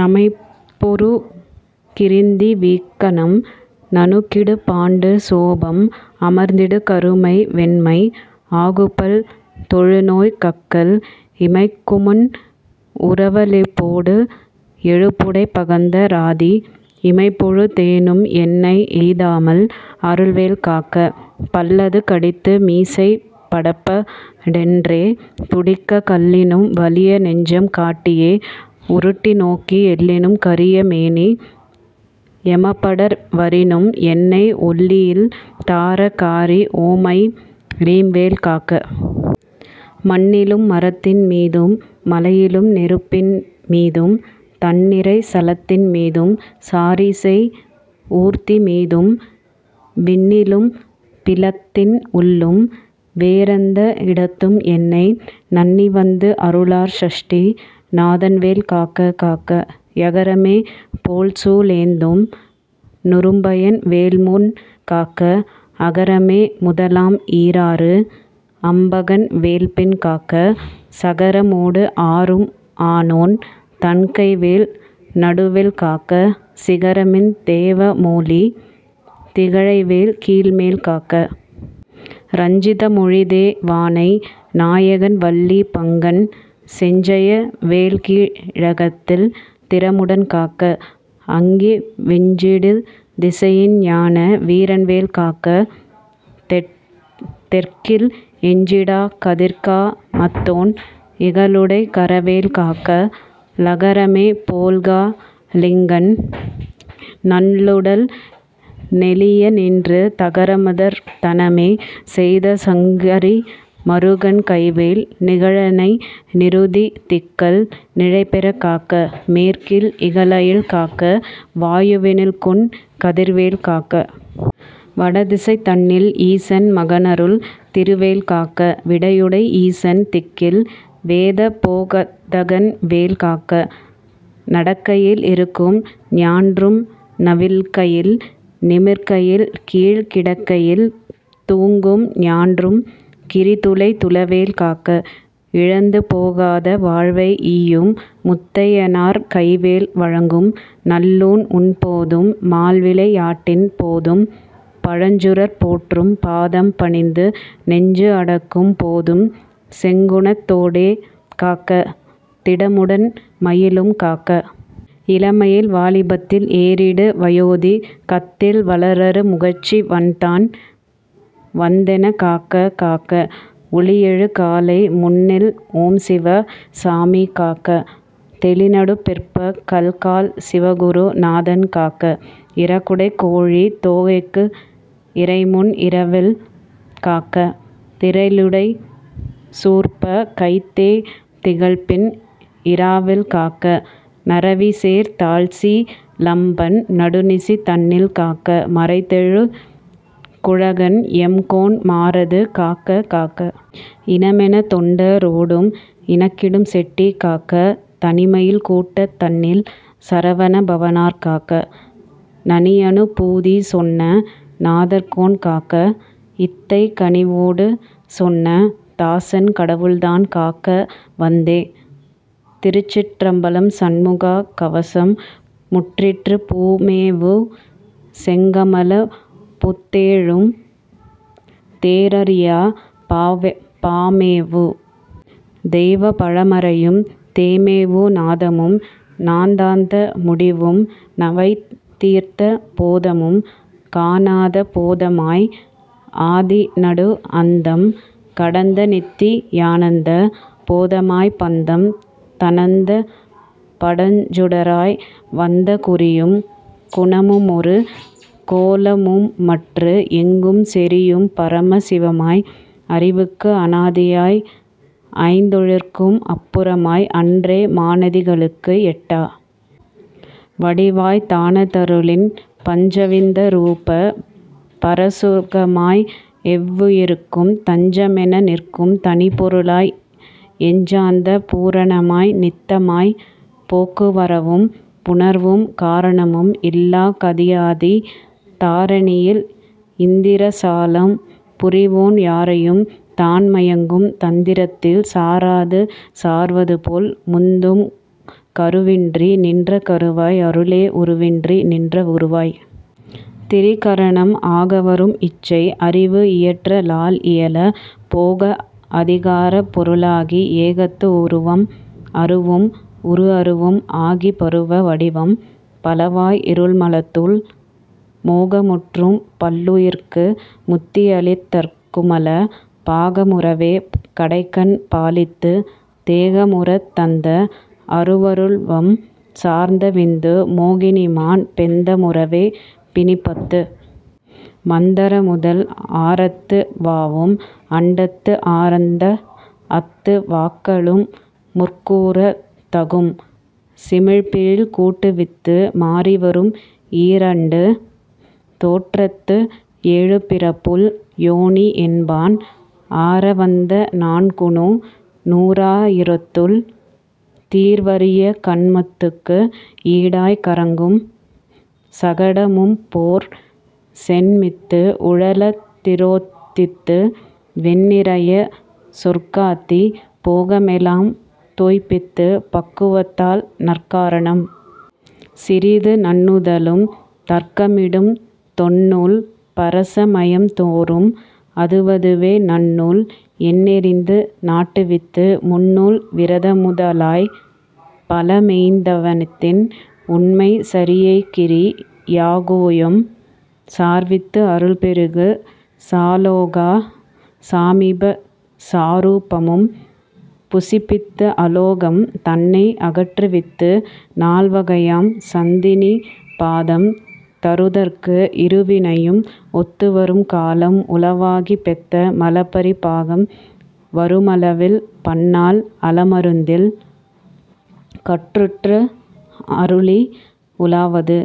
நமைப்புறு கிரிந்தி வீக்கனம் நணுகிடு பாண்டு சோபம் அமர்த்திடு கருமை வெண்மை ஆகுபல் தொழுநோய் கக்கல் இமைக்குமுன் உறுவ லிப்போடு எழுபுடைப் பகந்த ராதி இமைப்பொழு தேனும் என்னை எய்தாமல் அருள்வேல் காக்க. பல்லது கடித்து மீசை படப டென்றே துடிக்கக் கல்லினும் வலிய நெஞ்சம் காட்டியே உருட்டி நோக்கி எல்லினும் கரிய மேனி எமபடர் வரினும் என்னை ஒல்லையில் தார காரி ஓம்ஐம் ரீம்வேல் காக்க! மண்ணிலும் மரத்தின் மீதும் மலையிலும் நெருப்பின் மீதும் தண்நிறை சலத்தின் மீதும் சாரிசெய் ஊர்தி மீதும் விண்ணிலும் பிலத்தின் உள்ளும் வேறெந்த இடத்தும் என்னை நண்ணிவந்து அருளார் சஷ்டி நாதன்வேல் காக்க காக்க. யகரமே போல்சூ லேந்தும் நறும்புயன் வேல்முன் காக்க, அகரமே முதலாம் ஈராறு அம்பகன் வேல்பின் காக்க, சகரமோடு ஆறும் ஆனோன் தன்கைவேல் நடுவில் காக்க, சிகரமின் தேவ மோலி திகழ்ஐவேல் கீழ்மேல் காக்க. ரஞ்சித மொழிதே வானை நாயகன் வள்ளி பங்கன் செஞ்சய வேல்கி ழககில் திறமுடன் காக்க, அங்கி விஞ்சிடு திசையின் ஞான வீரன்வேல் காக்க; தெற்கில் எஞ்சிடாக் கதிர்கா மத்தோன் இகலுடைக் கரவேல் காக்க. லகரமே போல்கா ளிங்கன் நல்லுடல் நெளிய நின்று தகரமர்த் தனமே செய்த சங்கரி மருகன் கைவேல் நிகழெனை நிருதி திக்கல் நிலைபெறக் காக்க; மேற்கில் இகல்அயில் காக்க, வாயு வினில்குன் கதிர்வேல் காக்க. வடதிசை தன்னில் ஈசன் மகன்அருள் திருவேல் காக்க; விடையுடை யீசன் திக்கில் வேதபோகத்தகன்வேல் காக்க; நடக்கையில் இருக்கும் ஞான்றும் நவில்கையில் நிமிர்கையில் கீழ்க் கிடக்கையில் தூங்கும் ஞான்றும் கிரிதுளைத் துளவேல் காக்க. இழந்து போகாத வாழ்வை ஈயும் முத்தையனார் கைவேல் வழங்கும் நல்லூண் உண்போதும் மால்விளை யாட்டின் போதும் பழஞ்சுரர் போற்றும் பாதம் பணிந்து நெஞ்சு அடக்கும் போதும் செங்குணத் தோடே காக்க; திடமுடன் மயிலும் காக்க. இளமையில் வாலிபத்தில் ஏறிடு வயோதி கத்தில் வளர்அறு முகச்சி வன்தான் வந்தெனைக் காக்க காக்க. ஒளியெழு காலை முன்எல் ஓம்சிவ சாமி காக்க. தெளிநடு பிற்ப கல்கால் சிவகுரு நாதன் காக்க. இறகுடைக் கோழித் தோகைக்கு இறைமுன் இரவில் காக்க; திறலுடைச் சூர்ப்ப கைத்தே திகழ்பின் இராவில் காக்க; நறவுசேர் தாள்சி லம்பன் நடுநிசி தன்னில் காக்க; மறைதெழு குழகன் எம்கோன் மாறாது காக்க காக்க. இனமெனத் தொண்ட ரோடும் இணக்கிடும் செட்டி காக்க; தனிமையில் கூட்டந் தன்னில் சரவண பவனார் காக்க; நனியனு பூதி சொன்ன நாதர்கோன் காக்க; இத்தைக் கனிவொடு சொன்ன தாசன் கடவுள்தான் காக்க வந்தே. திருச்சிற்றம்பலம் சண்முகா கவசம் முற்றிற்று பூமேவு செங்கமலப் புத்தேளும் தேறரிய பாமேவு தெய்வப் பழமறையும் தேமேவு நாதமும் நாதாந்த முடிவும் நவைதீர்ந்த போதமும் காணாத போதமாய் ஆதிநடு அந்தம் கடந்தநித்தி யானந்த போதமாய்ப் பந்தம் தணந்த படஞ்சுடராய் வந்த குறியும் குணமுமொரு கோலமுமற்று எங்கும் செறியும் பரம சிவமாய் அறிவுக்கு அனாதியாய் ஐந்தொழிற்கும் அப்புறமாய் அன்றே மானதிகளுக்கு எட்டா வடிவாய்த் தானதருளின் பஞ்சவித ரூப பரசுகமாய் எவ்வுயிர்க்கும் தஞ்சமென நிற்கும் தனிப்பொருளாய் எஞ்சாத பூரணமாய் நித்தமாய்ப் போக்குவரவும் புணர்வும் காரணமும் இல்லாக் கதியாதித் தாரணியில் இந்திரசாலம் புரிவோன் யாரையும் தான்மயக்கும் தந்திரத்தில் சாராது சார்வதுபோல் முந்தும் கருவின்றி நின்ற கருவாய் அருளே உருவின்றி நின்ற உருவாய்த் திரிகரணம் ஆகவரும் இச்சை அறிவு இயற்ற லால்இயல போகஅதி காரப் பொருளாகி ஏகத்து உருவம் அருவும் உருஅருவும் ஆகிப் பருவ வடிவம் பலவாய் இருள்மலத்துள் மோகமுற்றும் பல்லுயிர்க்கு முத்திஅளித் தற்குமல பாகமுறவே கடைக்கண் பாலித்துத் தேகமுறத் தந்த அருவருவம் சார்ந்தவிந்து மோகினிமான் பெந்த முறவே பிணிப்பத்து மந்தரமுதல் ஆறத்து வாவும் அண்டத்து ஆரந்தஅத்து வாக்களும்முற் கூறத் தகும் சிமிழ்ப்பில் கூட்டுவித்து மாறிவரும் ஈரண்டு தோற்றத்து ஏழுபிறப்புள் யோனி என்பான் ஆரவந்த நான்குநூ நூறாயிரத்துள் தீர்வரிய கண்மத்துக்கு ஈடாய்க் கறங்கும் சகடமும்போற் சென்மித்து உழலத் திரோதித்து வெந்நிரய சொர்க்காதி போகமெலாம் துய்ப்பித்துப் பக்குவத்தால் நற்காரணம் சிறிது நண்ணுதலும் தர்க்கமிடும் தொன்னூல் பரசமயம் தோறும் அதுவதுவே நன்னூல் என்னெரிந்து நாட்டுவித்து முன்னூல் விரதமுத லாயபல மெய்த்தவத்தின் உண்மைச் சரியைகிரி யாயோகம் சார்வித்து அருள்பெருகு சாலோக சாமீப சாரூபமும் புசிப்பித்து ஆலோகம் தன்னை அகற்றுவித்து நால்வகையாம் சத்திநி பாதம் தருதற்கு இருவினையும் ஒத்துவரும் காலம் உளவாகிப் பெத்த மலபரி பாகம் வருமளவில் பன்னாள் அலமருதில் கற்றுற்று அருளி உலவாது।